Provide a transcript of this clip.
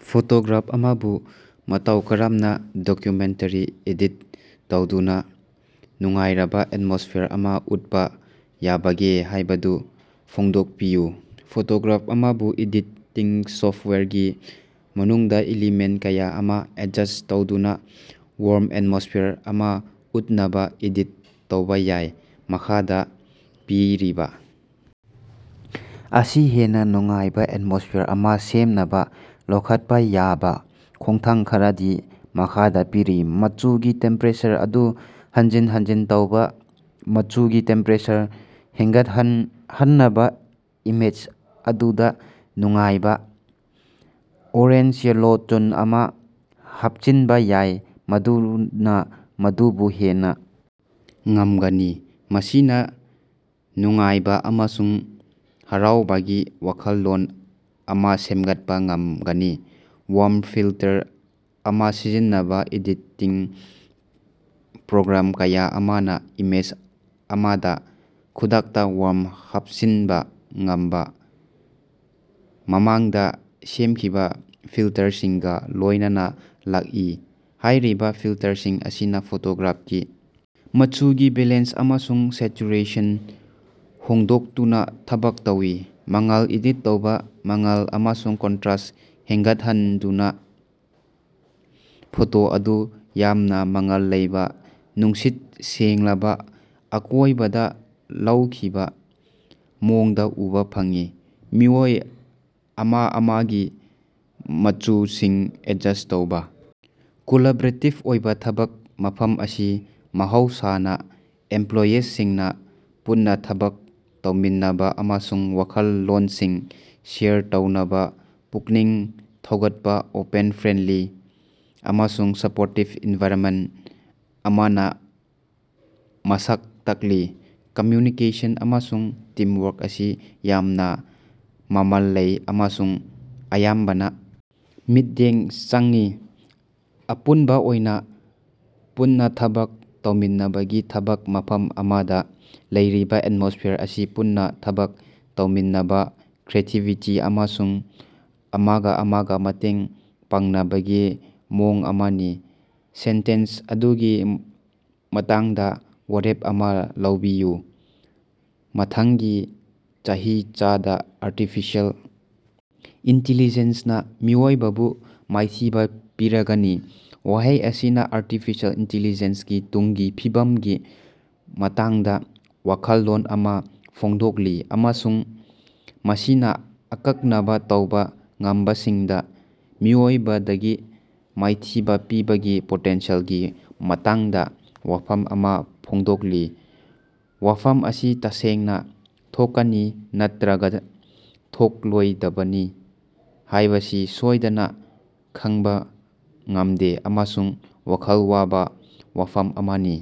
Photograph ꯑꯃꯕꯨ ꯃꯇꯧ ꯀꯔꯝꯅ ꯗꯀꯨꯃꯦꯟꯇꯥꯔꯤ ꯏꯗꯤꯠ ꯇꯧꯗꯨꯅ ꯅꯨꯡꯉꯥꯏꯔꯕ ꯑꯦꯠꯃꯣꯁꯐꯤꯌꯥꯔ ꯑꯃ ꯎꯠꯄ ꯌꯥꯕꯒꯦ ꯍꯥꯏꯕꯗꯨ ꯐꯣꯡꯗꯣꯛꯄꯤꯌꯨ꯫ ꯐꯣꯇꯣꯒ꯭ꯔꯥꯐ ꯑꯃꯕꯨ ꯏꯗꯤꯇꯤꯡ ꯁꯣꯐꯇꯋꯥꯌꯔꯒꯤ ꯃꯅꯨꯡꯗ ꯏꯂꯤꯃꯦꯟꯇ ꯀꯌꯥ ꯑꯃ ꯑꯦꯗꯖꯁ꯭ꯠ ꯇꯧꯗꯨꯅ ꯋꯥ꯭ꯔꯝ ꯑꯦꯇꯃꯣꯁꯐꯤꯌꯥꯔ ꯑꯃ ꯎꯠꯅꯕ ꯏꯗꯤꯠ ꯇꯧꯕ ꯌꯥꯏ꯫ ꯃꯈꯥꯗ ꯄꯤꯔꯤꯕ ꯑꯁꯤ ꯍꯦꯟꯅ ꯅꯨꯡꯉꯥꯏꯕ ꯑꯦꯠꯃꯣꯁꯐꯤꯌꯥꯔ ꯑꯃ ꯁꯦꯝꯅꯕ ꯂꯧꯈꯠꯄ ꯌꯥꯕ ꯈꯣꯡꯊꯥꯡ ꯈꯔꯗꯤ ꯃꯈꯥꯗ ꯄꯤꯔꯤ - ꯃꯆꯨꯒꯤ ꯇꯦꯝꯄꯦꯔꯦꯆꯔ ꯑꯗꯨ ꯍꯟꯖꯤꯟ ꯍꯟꯖꯤꯟ ꯇꯧꯕ -ꯃꯆꯨꯒꯤ ꯇꯦꯝꯄꯦꯔꯦꯆꯔ ꯍꯦꯟꯒꯠꯍꯟꯕꯅ ꯏꯃꯦꯖ ꯑꯗꯨꯗ ꯅꯨꯡꯉꯥꯏꯕ, ꯑꯣꯔꯦꯟꯖ-ꯌꯦꯂꯣ ꯇꯨꯟ ꯑꯃ ꯍꯥꯞꯆꯤꯟꯕ ꯌꯥꯏ, ꯃꯗꯨꯅ ꯃꯗꯨ ꯍꯦꯟꯅ ꯉꯝꯒꯅꯤ, ꯃꯁꯤꯅ ꯅꯨꯡꯉꯥꯏꯕ ꯑꯃꯁꯨꯡ ꯍꯔꯥꯎꯕꯒꯤ ꯋꯥꯈꯜꯂꯣꯟ ꯑꯃ ꯁꯦꯝꯒꯠꯄ ꯉꯝꯒꯅꯤ꯫ ꯋꯥꯔꯝ ꯐꯤꯜꯇꯔ ꯑꯃ ꯁꯤꯖꯤꯟꯅꯕ - ꯏꯗꯤꯇꯤꯡ ꯄ꯭ꯔꯣꯒ꯭ꯔꯥꯝ ꯀꯌꯥ ꯑꯃꯅ ꯏꯃꯦꯖ ꯑꯃꯗ ꯈꯨꯗꯛꯇ ꯋꯥꯔꯝ ꯍꯥꯞꯆꯤꯟꯕ ꯉꯝꯕ ꯃꯃꯥꯡꯗ ꯁꯦꯝꯈꯤꯕ ꯐꯤꯜꯇꯔꯁꯤꯡꯒ ꯂꯣꯏꯅꯅ ꯂꯥꯛꯏ꯫ ꯍꯥꯏꯔꯤꯕ ꯐꯤꯜꯇꯔꯁꯤꯡ ꯑꯁꯤꯅ ꯐꯣꯇꯣꯒ꯭ꯔꯥꯐꯀꯤ ꯃꯆꯨꯒꯤ ꯕꯦꯂꯦꯟꯁ ꯑꯃꯁꯨꯡ ꯁꯦꯆꯨꯔꯦꯁꯟ ꯍꯣꯡꯗꯣꯛꯇꯨꯅ ꯊꯕꯛ ꯇꯧꯏ꯫ ꯃꯉꯥꯜ ꯑꯦꯗꯤꯠ ꯇꯧꯕ - ꯃꯉꯥꯜ ꯑꯃꯁꯨꯡ ꯀꯟꯇꯔ꯭ꯁꯠ ꯍꯦꯟꯒꯠꯍꯟꯗꯨꯅ ꯐꯣꯇꯣ ꯑꯗꯨ ꯌꯥꯝꯅ ꯃꯉꯥꯜ ꯂꯩꯕ, ꯅꯨꯡꯁꯤꯠ ꯁꯦꯡꯂꯕ ꯑꯀꯣꯏꯕꯗ ꯂꯧꯈꯤꯕ ꯃꯑꯣꯡꯗ‌ ꯎꯕꯥ ꯐꯪꯏ꯫ ꯃꯤꯑꯣꯏ ꯑꯃ ꯑꯃꯒꯤ ꯃꯆꯨꯁꯤꯡ ꯑꯦꯗꯖꯁ꯭ꯠ ꯇꯧꯕ - ꯀꯣꯂꯥꯕꯣꯔꯦꯇꯤꯕ ꯑꯣꯏꯕ ꯊꯕꯛ ꯃꯐꯝ ꯑꯁꯤ ꯃꯍꯧꯁꯥꯅ ꯏꯝꯄ꯭ꯂꯣꯌꯤꯁꯤꯡꯅ ꯄꯨꯟꯅ ꯊꯕꯛ ꯇꯧꯃꯤꯟꯅꯅꯕ ꯑꯃꯁꯨꯡ ꯋꯥꯈꯜꯂꯣꯟꯁꯤꯡ ꯁꯦꯌꯔ ꯇꯧꯅꯕ ꯄꯨꯛꯅꯤꯡ ꯊꯧꯒꯠꯄ ꯑꯣꯄꯦꯟ, ꯐ꯭ꯔꯦꯟꯗꯂꯤ ꯑꯃꯁꯨꯡ ꯁꯄꯣꯔꯇꯤꯕ ꯑꯦꯟꯚꯥꯏꯔꯟꯃꯦꯟꯇ ꯑꯃꯅ ꯃꯁꯛ ꯇꯥꯛꯂꯤ꯫ ꯀꯝꯃ꯭ꯌꯨꯅꯤꯀꯦꯁꯟ ꯑꯃꯁꯨꯡ ꯇꯤꯝꯋꯥꯔꯛ ꯑꯁꯤ ꯌꯥꯝꯅ ꯃꯃꯜ ꯂꯩ, ꯑꯃꯁꯨꯡ ꯑꯌꯥꯝꯕꯅ ꯃꯤꯠꯌꯦꯡ ꯆꯪꯏ꯫ ꯑꯄꯨꯟꯕ ꯑꯣꯏꯅ, ꯄꯨꯟꯅ ꯊꯕꯛ ꯇꯧꯃꯤꯟꯅꯕꯒꯤ ꯊꯕꯛ ꯃꯐꯝ ꯑꯃꯗ ꯂꯩꯔꯤꯕ ꯑꯦꯠꯃꯣꯁ꯭ꯐꯤꯌꯥꯔ ꯑꯁꯤ ꯄꯨꯟꯅ ꯊꯕꯛ ꯇꯧꯃꯤꯟꯅꯕ, ꯀ꯭ꯔꯤꯌꯦꯇꯤꯕꯤꯇꯤ ꯑꯃꯁꯨꯡ ꯑꯃꯒ ꯑꯃꯒ ꯃꯇꯦꯡ ꯄꯥꯡꯅꯕꯒꯤ ꯃꯑꯣꯡ ꯑꯃꯅꯤ꯫ ꯁꯦꯟꯇꯦꯟꯁ ꯑꯗꯨꯒꯤ ꯃꯇꯥꯡꯗ ꯋꯥꯔꯦꯞ ꯑꯃ ꯂꯧꯕꯤꯌꯨ꯫ ꯃꯊꯪꯒꯤ ꯆꯍꯤꯆꯥꯗ ꯑꯥꯔꯇꯤꯐꯤꯁꯤꯑꯦꯜ ꯏꯟꯇꯦꯂꯤꯖꯦꯟꯁꯅ ꯃꯤꯑꯣꯏꯕꯕꯨ ꯃꯥꯏꯊꯤꯕ ꯄꯤꯔꯒꯅꯤ꯫ ꯋꯥꯍꯩ ꯑꯁꯤꯅ ꯑꯥꯔꯇꯤꯐꯤꯁꯤꯑꯦꯜ ꯏꯟꯇꯦꯂꯤꯖꯦꯟꯁꯀꯤ ꯇꯨꯡꯒꯤ ꯐꯤꯕꯝꯒꯤ ꯃꯇꯥꯡꯗ ꯋꯥꯈꯜꯂꯣꯟ ꯑꯃ ꯐꯣꯡꯗꯣꯛꯂꯤ ꯑꯃꯁꯨꯡ ꯃꯁꯤꯅ ꯑꯀꯛꯅꯕ ꯇꯧꯕ ꯉꯝꯕꯁꯤꯡꯗ ꯃꯤꯑꯣꯏꯕꯗꯒꯤ ꯃꯥꯏꯊꯤꯕ ꯄꯤꯕꯒꯤ ꯄꯣꯇꯦꯟꯁꯤꯌꯦꯜꯒꯤ ꯃꯇꯥꯡꯗ ꯋꯥꯐꯝ ꯑꯃ ꯐꯣꯡꯗꯣꯛꯂꯤ꯫ ꯋꯥꯐꯝ ꯑꯁꯤ ꯇꯁꯦꯡꯅ ꯊꯣꯛꯀꯅꯤ ꯅꯠꯇꯔ꯭ꯒ ꯊꯣꯛꯂꯣꯏꯗꯕꯅꯤ ꯍꯥꯏꯕꯁꯤ ꯁꯣꯏꯗꯅ ꯈꯪꯕ ꯉꯝꯗꯦ ꯑꯃꯁꯨꯡ ꯋꯥꯈꯜ ꯋꯥꯕ ꯋꯥꯐꯝ ꯑꯃꯅꯤ꯫